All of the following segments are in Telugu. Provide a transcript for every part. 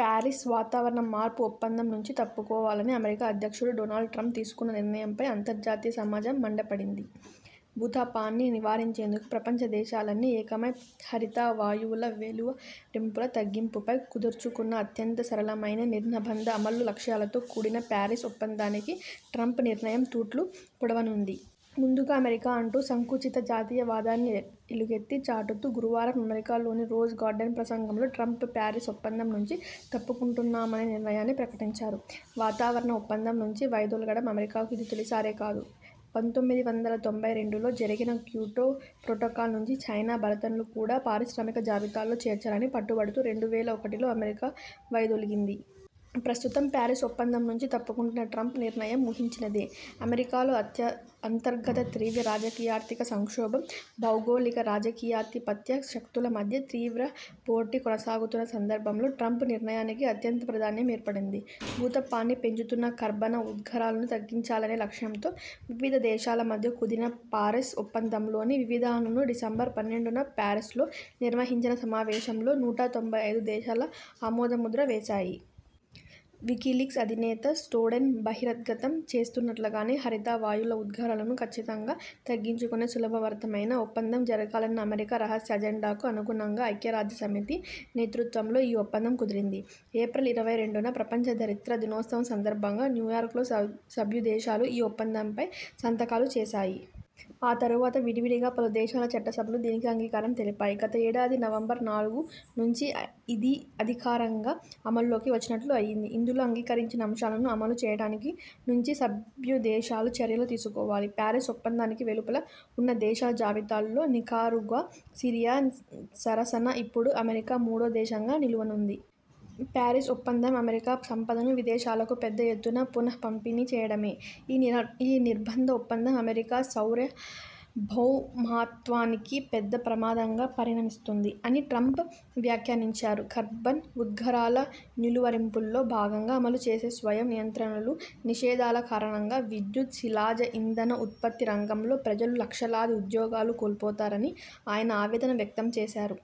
ట్యరిస్ 'వాతావరణ మార్పు' ఒప్పందం నుంచి తప్పుకోవాలని అమెరికా అధ్యక్షుడు డోనాల్డ్ ట్రంప్ తీసుకున్న నిర్ణయంపై అంతర్జాతీయ సమాజం మండిపడింది. భూతాపాన్ని నివారించేందుకు ప్రపంచ దేశాలన్నీ ఏకమై హరిత వాయువుల వెలువరింపుల తగ్గింపుపై కుదుర్చుకున్న అత్యంత సరళమైన, నిర్నిబంధ అమలు లక్ష్యాలతో కూడిన ప్యారిస్ ఒప్పందానికి ట్రంప్ నిర్ణయం తూట్లు పొడవనుంది. 'ముందుగా అమెరికా ' అంటూ సంకుచిత జాతీయవాదాన్ని ఎలుగెత్తి చాటుతూ గురువారం అమెరికాలోని రోజ్ గార్డెన్ ప్రసంగంలో ట్రంప్ ప్యారిస్ ఒప్పందం నుంచి తప్పుకుంటున్నామనే నిర్ణయాన్ని ప్రకటించారు. వాతావరణ ఒప్పందం నుంచి వైదొలగడం అమెరికాకు ఇది తొలిసారి కాదు. పంతొమ్మిది వందల తొంభై రెండులో జరిగిన క్యోటో ప్రొటోకాల్ నుంచి చైనా, భారత్లను కూడా పారిశ్రామిక జాబితాలో చేర్చాలని పట్టుబడుతూ రెండు వేల ఒకటిలో అమెరికా వైదొలగింది. ప్రస్తుతం ప్యారిస్ ఒప్పందం నుంచి తప్పుకుంటున్న ట్రంప్ నిర్ణయం ఊహించినదే. అమెరికాలో అంతర్గత తీవ్ర రాజకీయార్థిక సంక్షోభం, భౌగోళిక రాజకీయాధిపత్య శక్తుల మధ్య తీవ్ర పోటీ కొనసాగుతున్న సందర్భంలో ట్రంప్ నిర్ణయానికి అత్యంత ప్రాధాన్యం ఏర్పడింది. భూతాపాన్ని పెంచుతున్న కర్బన ఉద్గారాలను తగ్గించాలనే లక్ష్యంతో వివిధ దేశాల మధ్య కుదిరిన పారిస్ ఒప్పందంలోని వివిధానాలకు డిసెంబరు పన్నెండున ప్యారిస్లో నిర్వహించిన సమావేశంలో నూట తొంభై ఐదు దేశాల ఆమోదముద్ర వేశాయి. వికీలీక్స్ అధినేత స్నోడెన్ బహిర్గతం చేసినట్లుగానే హరిత వాయువుల ఉద్గారాలను ఖచ్ఛికంగా తగ్గించుకునే సులభతరమైన ఒప్పందం జరగాలన్న అమెరికా రహస్య అజెండాకు అనుగుణంగా ఐక్యరాజ్యసమితి నేతృత్వంలో ఈ ఒప్పందం కుదిరింది. ఏప్రిల్ ఇరవై రెండున ప్రపంచ ధరిత్రి దినోత్సవం సందర్భంగా న్యూయార్క్లో సభ్యదేశాలు ఈ ఒప్పందంపై సంతకాలు చేశాయి. ఆ తర్వాత విడివిడిగా పలుదేశాల చట్టసభలు దీనికి అంగీకారం తెలిపాయి. గత ఏడాది నవంబరు నాలుగు నుంచి ఇది అధికారికంగా అమల్లోకి వచ్చినట్లు అయింది. ఇందులో అంగీకరించిన అంశాలను అమలు చేయటానికి నుంచి సభ్యదేశాలు చర్యలు తీసుకోవాలి. ప్యారిస్ ఒప్పందానికి వెలుపల ఉన్న దేశాల జాబితాలో నికరాగువా, సిరియా సరసన ఇప్పుడు అమెరికా మూడో దేశంగా నిలవనుంది. 'ప్యారిస్ ఒప్పందం అమెరికా సంపదను విదేశాలకు పెద్ద ఎత్తున పునఃపంపిణీ చేయడమే. ఈ నిర్బంధ ఒప్పందం అమెరికా సౌరభౌమత్వానికి పెద్ద ప్రమాదంగా పరిణమిస్తుంది' అని ట్రంప్ వ్యాఖ్యానించారు. కర్బన్ ఉద్గారాల నిలువరింపుల్లో భాగంగా అమలు చేసే స్వయం నియంత్రణలు, నిషేధాల కారణంగా విద్యుత్, శిలాజ ఇంధన ఉత్పత్తి రంగంలో ప్రజలు లక్షలాది ఉద్యోగాలు కోల్పోతారని ఆయన ఆవేదన వ్యక్తం చేశారు.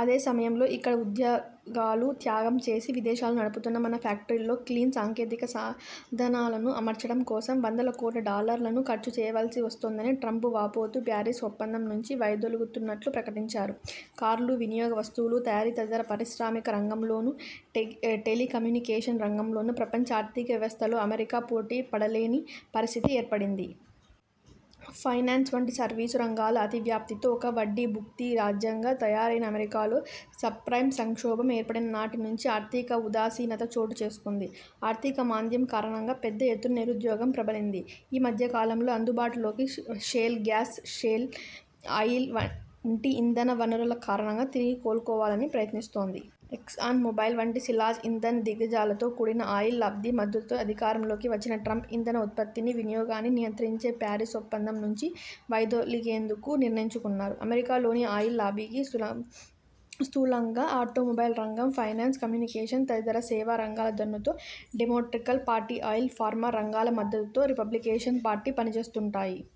అదే సమయంలో ఇక్కడి ఉద్యోగాలు త్యాగం చేసి విదేశాల్లో నడుపుతున్న మన ఫ్యాక్టరీల్లో క్లీన్ సాంకేతిక సాధనాలను అమర్చడం కోసం వందల కోట్ల డాలర్లను ఖర్చు చేయవలసి వస్తోందని ట్రంప్ వాపోతూ ప్యారిస్ ఒప్పందం నుంచి వైదొలగుతున్నట్లు ప్రకటించారు. కార్లు, వినియోగ వస్తువుల తయారీ తదితర పారిశ్రామిక రంగంలోనూ, టెలికమ్యూనికేషన్ రంగంలోనూ ప్రపంచ ఆర్థిక వ్యవస్థలో అమెరికా పోటీ పడలేని పరిస్థితి ఏర్పడింది. ఫైనాన్స్ వంటి సర్వీసు రంగాల అతి వ్యాప్తితో ఒక 'వడ్డీభుక్తి' రాజ్యం గా తయారైన అమెరికాలో సబ్ప్రైం సంక్షోభం ఏర్పడిన నాటి నుంచి ఆర్థిక ఉదాసీనత చోటుచేసుకుంది. ఆర్థిక మాంద్యం కారణంగా పెద్ద ఎత్తున నిరుద్యోగం ప్రబలింది. ఈ మధ్యకాలంలో అందుబాటులోకి షేల్ గ్యాస్, షేల్ ఆయిల్ వంటి ఇంధన వనరుల కారణంగా తిరిగి కోలుకోవాలని ప్రయత్నిస్తోంది. ఎక్సాన్ మొబైల్ వంటి శిలాజ ఇంధన్ దిగ్గజాలతో కూడిన ఆయిల్ లబ్ది మద్దతు అధికారంలోకి వచ్చిన ట్రంప్ ఇంధన ఉత్పత్తిని, వినియోగాన్ని నియంత్రించే ప్యారిస్ ఒప్పందం నుంచి వైదొలగేందుకు నిర్ణయించుకున్నారు. అమెరికాలోని ఆయిల్ లాబీకి, స్థూలంగా ఆటోమొబైల్ రంగం, ఫైనాన్స్, కమ్యూనికేషన్స్ తదితర సేవా రంగాల దన్నుతో డెమొక్రటిక్ పార్టీ ఆయిల్, ఫార్మా రంగాల మద్దతుతో రిపబ్లికేషన్ పార్టీ పనిచేస్తుంటాయి.